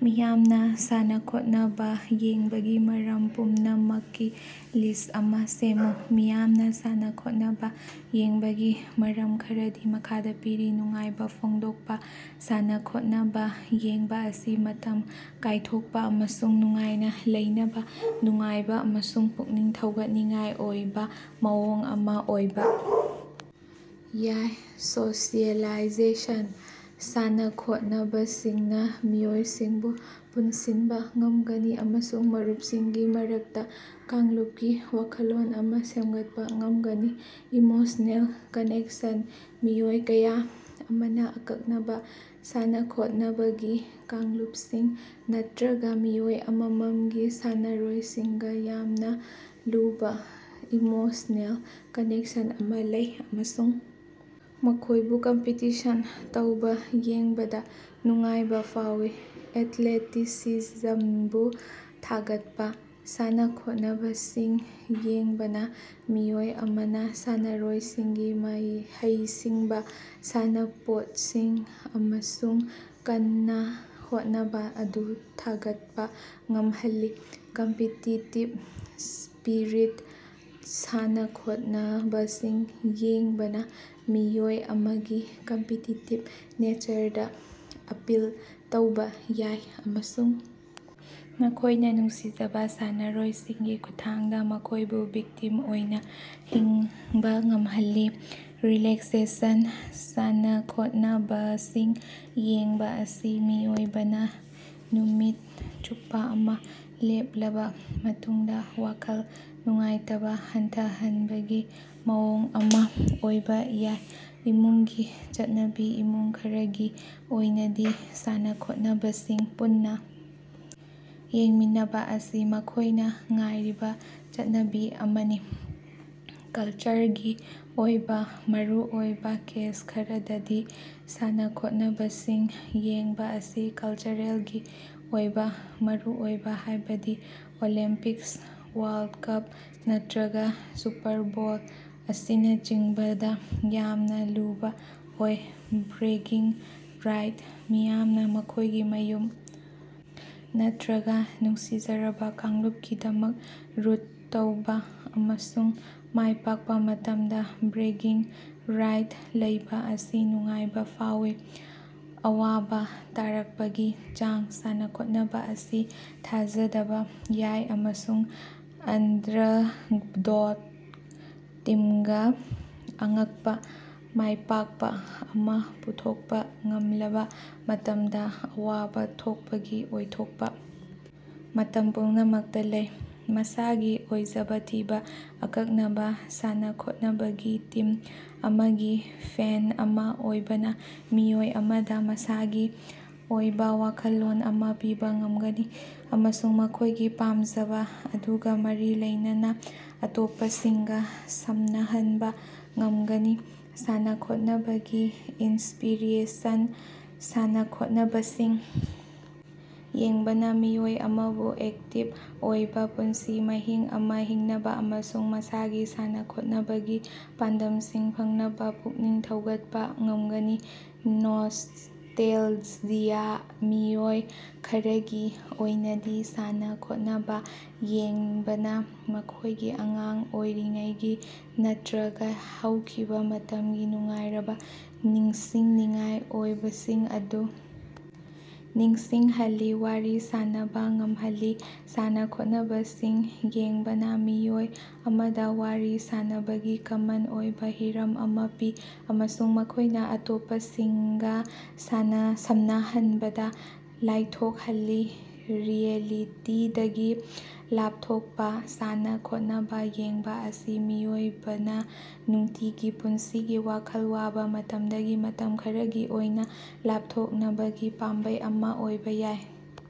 ꯃꯤꯌꯥꯝꯅ ꯁꯥꯟꯅꯈꯣꯠꯅꯕ ꯌꯦꯡꯕꯒꯤ ꯃꯔꯝ ꯄꯨꯝꯅꯃꯛꯀꯤ ꯂꯤꯁꯠ ꯑꯃ ꯁꯦꯝꯃꯨ꯫ ꯃꯤꯌꯥꯝꯅ ꯁꯥꯟꯅꯈꯣꯠꯅꯕ ꯌꯦꯡꯕꯒꯤ ꯃꯔꯝ ꯈꯔꯗꯤ ꯃꯈꯥꯗ ꯄꯤꯔꯤ:- ꯅꯨꯡꯉꯥꯏꯕ ꯐꯣꯡꯗꯣꯛꯄ: ꯁꯥꯟꯅꯈꯣꯠꯅꯕ ꯌꯦꯡꯕ ꯑꯁꯤ ꯃꯇꯝ ꯀꯥꯏꯊꯣꯛꯄ ꯑꯃꯁꯨꯡ ꯅꯨꯡꯉꯥꯏꯅ ꯂꯩꯅꯕ ꯅꯨꯡꯉꯥꯏꯕ ꯑꯃꯁꯨꯡ ꯄꯨꯛꯅꯤꯡ ꯊꯧꯒꯠꯅꯤꯡꯉꯥꯏ ꯑꯣꯏꯕ ꯃꯑꯣꯡ ꯑꯃ ꯑꯣꯏꯕ ꯌꯥꯏ꯫ ꯁꯣꯁꯤꯑꯦꯂꯥꯏꯖꯦꯁꯟ: ꯁꯥꯟꯅꯈꯣꯠꯅꯕꯁꯤꯡꯅ ꯃꯤꯑꯣꯏꯁꯤꯡꯕꯨ ꯄꯨꯟꯁꯤꯟꯕ ꯉꯝꯒꯅꯤ ꯑꯃꯁꯨꯡ ꯃꯔꯨꯞꯁꯤꯡꯒꯤ ꯃꯔꯛꯇ ꯀꯥꯡꯂꯨꯞꯀꯤ ꯋꯥꯈꯜꯂꯣꯟ ꯑꯃ ꯁꯦꯝꯒꯠꯄ ꯉꯝꯒꯅꯤ꯫ ꯏꯃꯣꯁ꯭ꯅꯦꯜ ꯀꯅꯦꯛꯁꯟ: ꯃꯤꯑꯣꯏ ꯀꯌꯥ ꯑꯃꯅ ꯑꯀꯛꯅꯕ ꯁꯥꯟꯅꯈꯣꯠꯅꯕꯒꯤ ꯀꯥꯡꯂꯨꯞꯁꯤꯡ ꯅꯠꯇ꯭ꯔꯒ ꯃꯤꯑꯣꯏ ꯑꯃꯃꯝꯒꯤ ꯁꯥꯟꯅꯔꯣꯏꯁꯤꯡꯒ ꯌꯥꯝꯅ ꯂꯨꯕ ꯏꯃꯣꯁ꯭ꯅꯦꯜ ꯀꯅꯦꯛꯁꯟ ꯑꯃ ꯂꯩ ꯑꯃꯁꯨꯡ ꯃꯈꯣꯏꯕꯨ ꯀꯝꯄꯤꯇꯤꯁꯟ ꯇꯧꯕ ꯌꯦꯡꯕꯗ ꯅꯨꯡꯉꯥꯏꯕ ꯐꯥꯎꯋꯤ꯫ ꯑꯦꯊ꯭ꯂꯦꯇꯤꯁꯤꯖꯝꯕꯨ ꯊꯥꯒꯠꯄ: ꯁꯥꯟꯅꯈꯣꯠꯅꯕꯁꯤꯡ ꯌꯦꯡꯕꯅ ꯃꯤꯑꯣꯏ ꯑꯃꯅ ꯁꯥꯟꯅꯔꯣꯏꯁꯤꯡꯒꯤ ꯍꯩꯁꯤꯡꯕ, ꯁꯥꯟꯅꯄꯣꯠꯁꯤꯡ ꯑꯃꯁꯨꯡ ꯀꯟꯅ ꯍꯣꯠꯅꯕ ꯑꯗꯨ ꯊꯥꯒꯠꯄ ꯉꯝꯍꯜꯂꯤ꯫ ꯀꯝꯄꯤꯇꯤꯇꯤꯚ ꯁ꯭ꯄꯤꯔꯤꯠ: ꯁꯥꯟꯅꯈꯣꯠꯅꯕꯁꯤꯡ ꯌꯦꯡꯕꯅ ꯃꯤꯑꯣꯏ ꯑꯃꯒꯤ ꯀꯝꯄꯤꯇꯤꯇꯤꯚ ꯅꯦꯆꯔꯗ ꯑꯄꯤꯜ ꯇꯧꯕ ꯌꯥꯏ ꯑꯃꯁꯨꯡ ꯃꯈꯣꯏꯅ ꯅꯨꯡꯁꯤꯖꯕ ꯁꯥꯟꯅꯔꯣꯏꯁꯤꯡꯒꯤ ꯈꯨꯠꯊꯥꯡꯗ ꯃꯈꯣꯏꯕꯨ ꯚꯤꯛꯇꯤꯝ ꯑꯣꯏꯅ ꯍꯤꯡꯕ ꯉꯝꯍꯜꯂꯤ꯫ ꯔꯤꯂꯦꯛꯁꯦꯁꯟ: ꯁꯥꯟꯅꯄꯈꯣꯠꯅꯕꯁꯤꯡ ꯌꯦꯡꯕ ꯑꯁꯤ ꯃꯤꯑꯣꯏꯕꯅ ꯅꯨꯃꯤꯠ ꯆꯨꯞꯄ ꯑꯃ ꯂꯦꯞꯂꯕ ꯃꯇꯨꯡꯗ ꯋꯥꯈꯜ ꯅꯨꯡꯉꯥꯏꯇꯕ ꯍꯟꯊꯍꯟꯕꯒꯤ ꯃꯑꯣꯡ ꯑꯃ ꯑꯣꯏꯕ ꯌꯥꯏ꯫ ꯏꯃꯨꯡꯒꯤ ꯆꯠꯅꯕꯤ: ꯏꯃꯨꯡ ꯈꯔꯒꯤ ꯑꯣꯏꯅꯗꯤ ꯁꯥꯟꯅꯈꯣꯠꯅꯕꯁꯤꯡ ꯄꯨꯟꯅ ꯌꯦꯡꯃꯤꯟꯅꯕ ꯑꯁꯤ ꯃꯈꯣꯏꯅ ꯉꯥꯏꯔꯤꯕ ꯆꯠꯅꯕꯤ ꯑꯃꯅꯤ꯫ ꯀꯜꯆꯔꯒꯤ ꯑꯣꯏꯕ ꯃꯔꯨꯑꯣꯏꯕ: ꯀꯦꯁ ꯈꯔꯗꯗꯤ ꯁꯥꯟꯅꯈꯣꯠꯅꯕꯁꯤꯡ ꯌꯦꯡꯕ ꯑꯁꯤ ꯀꯜꯆꯔꯦꯜꯒꯤ ꯑꯣꯏꯕ ꯃꯔꯨꯑꯣꯏꯕ, ꯍꯥꯏꯕꯗꯤ ꯑꯣꯂꯦꯝꯄꯤꯛꯁ, ꯋꯥꯔꯜꯗ ꯀꯞ, ꯅꯠꯇ꯭ꯔꯒ ꯁꯨꯄꯔ ꯕꯣꯜ ꯑꯁꯤꯅꯆꯤꯡꯕꯗ ꯌꯥꯝꯅ ꯂꯨꯕ ꯑꯣꯏ꯫ ꯕ꯭ꯔꯦꯒꯤꯡ ꯔꯥꯏꯠꯁ: ꯃꯤꯌꯥꯝꯅ ꯃꯈꯣꯏꯒꯤ ꯃꯌꯨꯝ ꯅꯠꯇ꯭ꯔꯒ ꯅꯨꯡꯁꯤꯖꯔꯕ ꯀꯥꯡꯂꯨꯞꯀꯤꯗꯃꯛ ꯔꯨꯠ ꯇꯧꯕ ꯑꯃꯁꯨꯡ ꯃꯥꯏꯄꯥꯛꯄ ꯃꯇꯝꯗ ꯕ꯭ꯔꯦꯒꯤꯡ ꯔꯥꯏꯠ ꯂꯩꯕ ꯑꯁꯤ ꯅꯨꯡꯉꯥꯏꯕ ꯐꯥꯎꯏ꯫ ꯑꯋꯥꯕ ꯇꯥꯔꯛꯄꯒꯤ ꯆꯥꯡ: ꯁꯥꯟꯅꯈꯣꯠꯅꯕ ꯑꯁꯤ ꯊꯥꯖꯗꯕ ꯌꯥꯏ ꯑꯃꯁꯨꯡ ꯑꯟꯗꯔꯗꯣꯠ ꯇꯤꯝꯅ ꯑꯉꯛꯄ ꯃꯥꯏꯄꯥꯛꯄ ꯑꯃ ꯄꯨꯊꯣꯛꯄ ꯉꯝꯂꯕ ꯃꯇꯝꯗ ꯑꯋꯥꯕ ꯊꯣꯛꯄꯒꯤ ꯑꯣꯏꯊꯣꯛꯄ ꯃꯇꯝ ꯄꯨꯝꯅꯃꯛꯇ ꯂꯩ꯫ ꯃꯁꯥꯒꯤ ꯑꯣꯏꯖꯕ ꯊꯤꯕ: ꯑꯀꯛꯅꯕ ꯁꯥꯟꯅꯈꯣꯠꯅꯕꯒꯤ ꯇꯤꯝ ꯑꯃꯒꯤ ꯐꯦꯟ ꯑꯃ ꯑꯣꯏꯕꯅ ꯃꯤꯑꯣꯏ ꯑꯃꯗ ꯃꯁꯥꯒꯤ ꯑꯣꯏꯕ ꯋꯥꯈꯜꯂꯣꯟ ꯑꯃ ꯄꯤꯕ ꯉꯝꯒꯅꯤ ꯑꯃꯁꯨꯡ ꯃꯈꯣꯏꯒꯤ ꯄꯥꯝꯖꯕ ꯑꯗꯨꯒ ꯃꯔꯤ ꯂꯩꯅꯕ ꯑꯇꯣꯞꯄꯁꯤꯡꯒ ꯁꯝꯅꯍꯟꯕ ꯉꯝꯒꯅꯤ꯫ ꯁꯥꯟꯅꯈꯣꯠꯅꯕꯀꯤ ꯏꯟꯁꯄꯤꯔꯦꯁꯟ: ꯁꯥꯟꯅꯈꯣꯠꯅꯕꯁꯤꯡ ꯌꯦꯡꯕꯅ ꯃꯤꯑꯣꯏ ꯑꯃꯕꯨ ꯑꯦꯛꯇꯤꯚ ꯑꯣꯏꯕ ꯄꯨꯟꯁꯤ ꯃꯍꯤꯡ ꯑꯃ ꯍꯤꯡꯅꯕ ꯑꯃꯁꯨꯡ ꯃꯁꯥꯒꯤ ꯁꯥꯟꯅꯈꯣꯠꯅꯕꯒꯤ ꯄꯥꯟꯗꯝꯁꯤꯡ ꯐꯪꯅꯕ ꯄꯨꯛꯅꯤꯡ ꯊꯧꯒꯠꯄ ꯉꯝꯒꯅꯤ꯫ ꯅꯣꯁ꯭ꯇꯦꯜꯖꯤꯌꯥ: ꯃꯤꯑꯣꯏ ꯈꯔꯒꯤ ꯑꯣꯏꯅꯗꯤ ꯁꯥꯟꯅ-ꯈꯣꯠꯅꯕ ꯌꯦꯡꯕꯅ ꯃꯈꯣꯏꯒꯤ ꯑꯉꯥꯡ ꯑꯣꯏꯔꯤꯉꯩꯒꯤ ꯅꯠꯇ꯭ꯔꯒ ꯍꯧꯈꯤꯕ ꯃꯇꯝꯒꯤ ꯅꯨꯡꯉꯥꯏꯔꯕ ꯅꯤꯡꯁꯤꯡꯅꯤꯡꯉꯥꯏ ꯑꯣꯏꯕꯁꯤꯡ ꯑꯗꯨ ꯅꯤꯡꯁꯤꯡꯍꯜꯂꯤ꯫ ꯋꯥꯔꯤ ꯁꯥꯟꯅꯕ ꯉꯝꯍꯜꯂꯤ: ꯁꯥꯟꯅꯈꯣꯠꯅꯕꯁꯤꯡ ꯌꯦꯡꯕꯅ ꯃꯤꯑꯣꯏ ꯑꯃꯗ ꯋꯥꯔꯤ ꯁꯥꯟꯅꯕꯒꯤ ꯀꯃꯟ ꯑꯣꯏꯕ ꯍꯤꯔꯝ ꯑꯃ ꯄꯤ ꯑꯃꯁꯨꯡ ꯃꯈꯣꯏꯅ ꯑꯇꯣꯞꯄꯁꯤꯡꯒ ꯁꯝꯅꯍꯟꯕꯗ ꯂꯥꯏꯊꯣꯛꯍꯜꯂꯤ꯫ ꯔꯤꯑꯦꯂꯤꯇꯤꯗꯒꯤ ꯂꯥꯞꯊꯣꯛꯄ: ꯁꯥꯟꯅ-ꯈꯣꯠꯅꯕ ꯌꯦꯡꯕ ꯑꯁꯤ ꯃꯤꯑꯣꯏꯕꯅ ꯅꯨꯡꯇꯤꯒꯤ ꯄꯨꯟꯁꯤꯒꯤ ꯋꯥꯈꯜ ꯋꯥꯕ ꯃꯇꯝꯗꯒꯤ ꯃꯇꯝ ꯈꯔꯒꯤ ꯑꯣꯏꯅ ꯂꯥꯞꯊꯣꯛꯅꯕꯒꯤ ꯄꯥꯝꯕꯩ ꯑꯃ ꯑꯣꯏꯕ ꯌꯥꯏ꯫